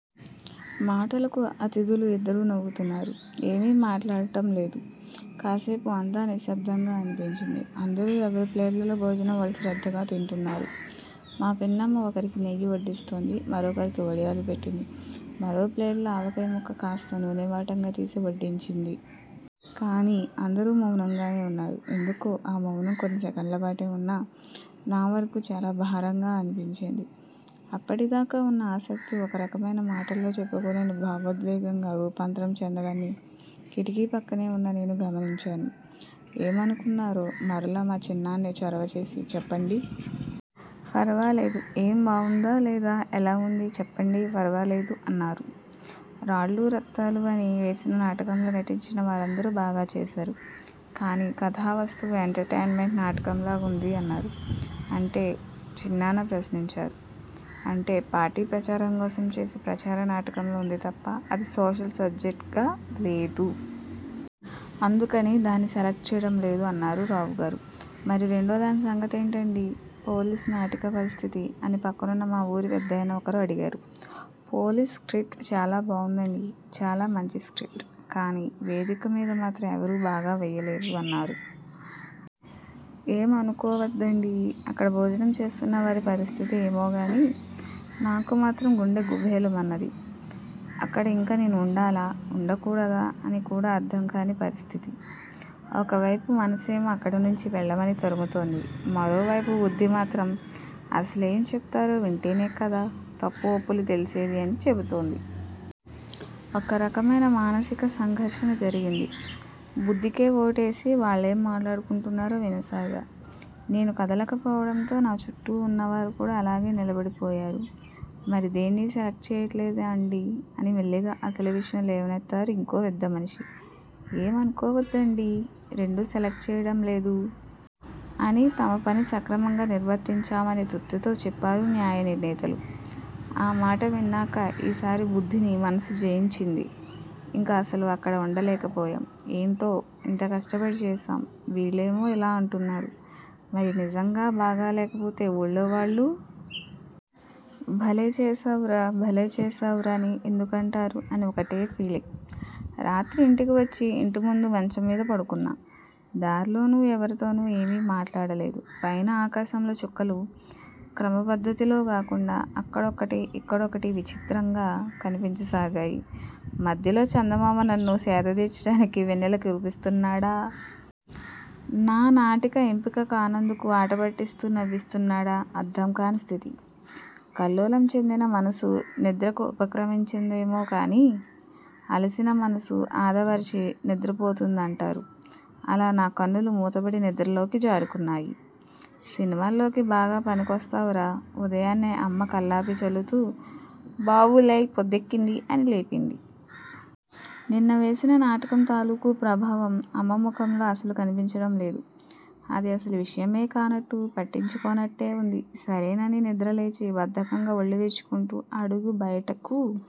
మాటలకు అతిథులు ఇద్దరు నవ్వుతున్నారు. ఏమీ మాట్లాడటం లేదు. కాసేపు అంతా నిశ్శబ్దంగా అనిపించింది. అందరూ ఎవరి ప్లేట్లలో భోజనం వాళ్లు శ్రద్ధగా తింటున్నారు. మా పిన్నమ్మ ఒకరికి నెయ్యి వడ్డిస్తోంది. మరొకరికి వడియాలు పెట్టింది. మరో ప్లేట్లో ఆవకాయముక్క కాస్త నూనెవాటంగా తీసి వడ్డించింది. కానీ అందరూ మౌనంగానే ఉన్నారు. ఎందుకో ఆ మౌనం కొన్ని సెకన్లపాటే ఉన్నా.. నా వరకు చాలా భారంగా అనిపించింది. అప్పటిదాకా ఉన్న ఆసక్తి ఒకరకమైన మాటల్లో చెప్పుకోలేని భావోద్వేగంగా రూపాంతరం చెందడాన్ని కిటికీ పక్కనే ఉన్న నేను గమనించాను. ఏమనుకున్నారో మరలా మా చిన్నాన్నే చొరవ చేసి 'చెప్పండి.. ఫర్వాలేదు. ఏం బావుందా? లేదా? ఎలా ఉంది? చెప్పండి ఫర్లేదు' అన్నారు. 'రాళ్లు రత్తాలు' అని వేసిన నాటకంలో నటించిన వారందరూ బాగా చేశారు. కానీ కథా వస్తువు ఎంటర్టైనమెంట్ నాటకంలాగా ఉంది' అన్నారు. 'అంటే? ' చిన్నాన్న ప్రశ్నించారు. 'అంటే పార్టీ ప్రచారంకోసం చేసే ప్రచార నాటకంలాగా ఉందితప్ప, అది సోషల్ సబ్జెక్ట్లాగా లేదు. అందుకని దాన్ని సెలక్ట్ చేయడం లేదు' అన్నారు రావుగారు. 'మరి రెండోదాని సంగతేంటండీ?.. 'పోలీసు' నాటిక పరిస్థితి? ' అని పక్కనున్న మా ఊరి పెద్దాయన ఒకరు అడిగారు. '''పోలీస్' స్ర్కిప్ట్ చాలా బావుందండీ. చాలా మంచి స్ర్కిప్ట్. కానీ వేదికమీద మాత్రం ఎవరూ బాగా వేయలేదు' అన్నారు. ఏమనుకోవద్దండీ! అక్కడ భోజనం చేస్తున్న వారి పరిస్థితి ఏమోగానీ.. నాకు మాత్రం గుండె గుభేలుమన్నది. అక్కడ ఇంక నేను ఉండాలా? ఉండకూడదా? అని కూడా అర్థం కాని పరిస్థితి. ఒకవైపు మనసేమో అక్కడినుంచి వెళ్లమని తరుముతోంది. మరోవైపు బుద్ధిమాత్రం 'అసలేం చెప్తారో వింటేనే కదా.. తప్పు ఒప్పులు తెలిసేది' అని చెబుతోంది. ఒకరకమైన మానసిక సంఘర్షణ జరిగింది. బుద్ధికే ఓటేసి, వాళ్లేం మాట్లాడుకుంటున్నారో వినసాగా. నేను కదలకపోవడంతో, నా చుట్టూ ఉన్నవారు కూడా అలాగే నిలబడిపోయారు. 'మరి దేన్నీ సెలక్ట్ చేయట్లేదాండీ.. ' అని మెల్లిగా అసలు విషయం లేవనెత్తారు ఇంకో పెద్దమనిషి. 'ఏమనుకోవద్దండీ.. రెండూ సెలక్ట్ చేయడం లేదు.. ' అని తమ పని సక్రమంగా నిర్వర్తించామనే తృప్తితో చెప్పారు న్యాయనిర్ణేతలు. ఆ మాట విన్నాక ఈసారి బుద్ధిని మనసు జయించింది. ఇంక అసలు అక్కడ ఉండలేకపోయాం. 'ఏంటో.. ఇంత కష్టపడి చేశాం. వీళ్లేమో ఇలా అంటున్నారు. మరి నిజంగా బాగా లేకపోతే ఊళ్లో వాళ్లు.. 'భలే చేశావురా.. భలే చేశావురా.. ' అని ఎందుకంటారు?.. అని ఒకటే ఫీలింగ్. రాత్రి ఇంటికివచ్చి ఇంటిముందు మంచంమీద పడుకున్నా. దారిలోనూ ఎవరితోనూ ఏమీ మాట్లాడలేదు. పైన ఆకాశంలో చుక్కలు క్రమపద్ధతిలో కాకుండా అక్కడొక్కటి, ఇక్కడొకటి విచిత్రంగా కనిపించసాగాయి. మధ్యలో చందమామ నన్ను సేదతీర్చడానికి వెన్నెల కురిపిస్తున్నాడా? నా నాటిక ఎంపిక కానందుకు ఆటపట్టిస్తూ నవ్విస్తున్నాడా? అర్థంకాని స్థితి. కల్లోలం చెందిన మనసు నిద్రకు ఉపక్రమించదేమోకానీ, అలసిన మనసు ఆదమరచి నిద్రపోతుందంటారు. అలా నా కన్నులు మూతలుపడి నిద్రలోకి జారుకున్నాయి. సినిమాల్లోకి బాగా పనికొస్తావురాఉదయాన్నే అమ్మ కల్లాపి చల్లుతూ 'బాబూ.. లేయ్ పొద్దెక్కింది' అని లేపింది. నిన్న వేసిన నాటకం తాలుకు ప్రభావం అమ్మ ముఖంలో అసలు కనిపించడం లేదు. అది అసలు విషయమే కానట్టు, పట్టించుకోనట్టే ఉంది. సరేనని నిద్రలేచి బద్ధకంగా ఒళ్లు విరుచుకుంటూ అడుగు బయటకు